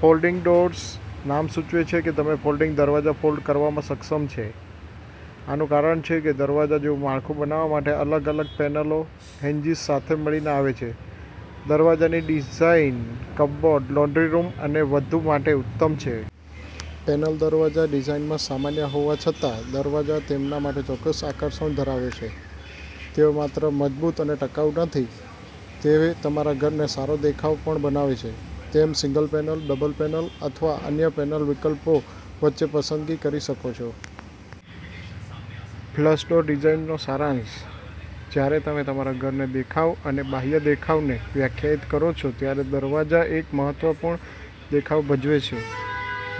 Folding doors. નામ સૂચવે છે તેમ, ફોલ્ડિંગ દરવાજા ફોલ્ડ કરવામાં સક્ષમ છે. આનું કારણછે કે દરવાજા જેવું માળખું બનાવવા માટે અલગ-અલગ પેનલો હીંજીસ સાથે મળીને આવે છે. દરવાજાની ડિઝાઇન કપબોર્ડ, લોન્ડ્રી રૂમ અને વધુ માટે ઉત્તમ છે. પેનલ દરવાજા ડિઝાઇનમાં સામાન્ય હોવા છતાં, દરવાજા તેમના માટે ચોક્કસ આકર્ષણ ધરાવે છે. તેઓ માત્ર મજબૂત અને ટકાઉ, નથી, તે તમારા ઘરને સારો દેખાવ પણ બનાવે છે. તમે સિંગલ પેનલ, ડબલ પેનલ અથવા અન્ય પેનલ વિકલ્પો વચ્ચે પસંદગી કરી શકો છો. ફ્લશ ડોર ડિઝાઇનનો સારાંશ. જ્યારે તમે તમારા ઘરના દેખાવ અને બાહ્ય દેખાવને વ્યાખ્યાયિત કરો છો ત્યારે દરવાજા એક મહત્વપૂર્ણ દેખાવ ભજવે છે.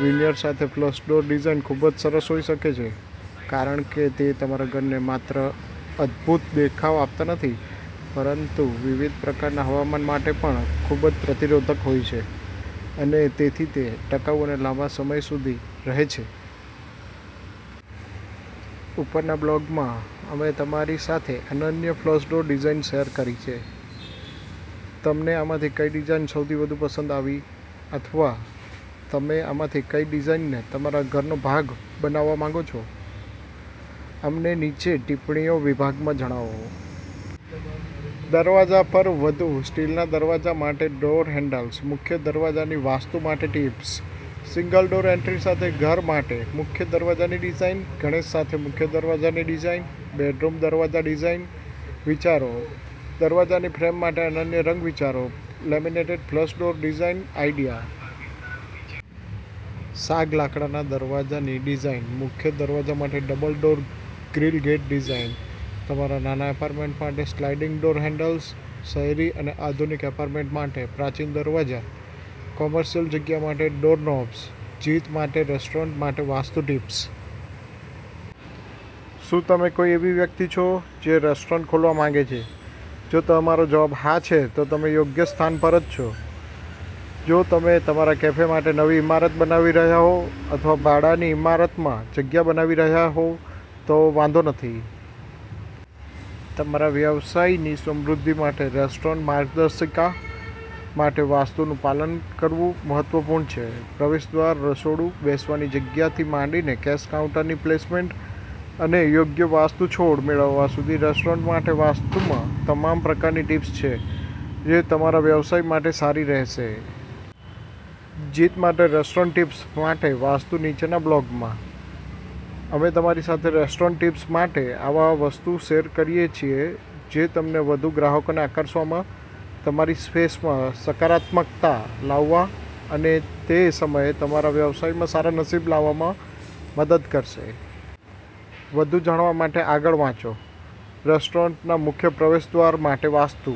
વિનિયર સાથે ફ્લશ ડોર ડિઝાઇન ખૂબ સરસ હોઈ શકે છે, કારણ કે તે તમારા ઘરને માત્ર અદભૂત દેખાવ આપતા નથી, પરંતુ વિવિધ પ્રકારના હવામાન માટે પણ ખૂબ પ્રતિરોધક હોય છે અને તેથી તે ટકાઉ અને લાંબા સમય સુધી રહે છે. ઉપરના બ્લોગમાં, અમે તમારી સાથે અનન્ય ફ્લશ ડોર ડિઝાઇન શેર કરી છે. તમને આમાંથી કઈ ડિઝાઇન સૌથી વધુ પસંદ આવી? અથવા તમે આમાંથી કઈ ડિઝાઇનને તમારા ઘરનો ભાગ બનવા માંગો છો? અમને નીચે ટિપ્પણીઓ વિભાગમાં જણાવો. દરવાજા પર વધુ. સ્ટીલના દરવાજા માટે ડોર હેન્ડલ્સ. મુખ્ય દરવાજાની વાસ્તુ માટે ટિપ્સ. સિંગલ ડોર એન્ટ્રી સાથે ઘર માટે મુખ્ય દરવાજાની ડિઝાઇન. ગણેશ સાથે મુખ્ય દરવાજાની ડિઝાઇન. બેડરૂમ દરવાજા ડિઝાઇન વિચારો, દરવાજાની ફ્રેમ માટે અનન્ય રંગ વિચારો, laminated flush door design idea. સાગ લાકડાના દરવાજાની ડિઝાઇન મુખ્ય દરવાજા માટે ડબલ ડોર ગ્રીલ ગેટની ડિઝાઇન. તમારા નાના એપાર્ટમેન્ટ માટે સ્લાઇડિંગ ડોર હેન્ડલ્સ. શહેરી અને આધુનિક એપાર્ટમેન્ટ માટે પ્રાચીન દરવાજા. કોમર્શિયલ જગ્યા માટે ડોર નોબ્સ .જીત માટે રેસ્ટોરન્ટ માટે વાસ્તુ ટિપ્સ. શું તમે કોઈ એવી વ્યક્તિ છો, જે રેસ્ટોરન્ટ ખોલવા માંગે છે? જો તમારો જવાબ હા છે, તો તમે યોગ્ય સ્થાન પર છો. જો તમે તમારા કેફે માટે નવી ઇમારત બનાવી રહ્યા હોવ, અથવા ભાડાની ઇમારતમાં જગ્યા બનાવી રહ્યા હોવ, તો વાંધો નથી. તમારા વ્યવસાયની સમૃદ્ધિ માટે રેસ્ટોરન્ટ માર્ગદર્શિકા માટે વાસ્તુનું પાલન કરવું મહત્વપૂર્ણ છે. પ્રવેશદ્વાર, રસોડું, બેસવાની જગ્યાથી માંડીને કેશ કાઉન્ટરની પ્લેસમેન્ટ અને યોગ્ય વાસ્તુ છોડ મેળવવા સુધી રેસ્ટોરન્ટ માટેની વાસ્તુમાં તમામ પ્રકારની ટિપ્સ છે, જે તમારા વ્યવસાય માટે સારી રહેશે. જીત માટે રેસ્ટોરન્ટ ટિપ્સ માટે વાસ્તુ નીચેના બ્લોગમાં, અમે તમારી સાથે રેસ્ટોરન્ટ ટિપ્સ માટે આવા વાસ્તુ શેર કરીએ છીએ જે તમને વધુ ગ્રાહકોને આકર્ષવામાં, તમારી સ્પેસમાં સકારાત્મકતા લાવવા અને તે સમયે તમારા વ્યવસાયમાં સારા નસીબ લાવવામાં મદદ કરશે. વધુ જાણવા માટે આગળ વાંચો. રેસ્ટોરન્ટના મુખ્ય પ્રવેશદ્વાર માટે વાસ્તુ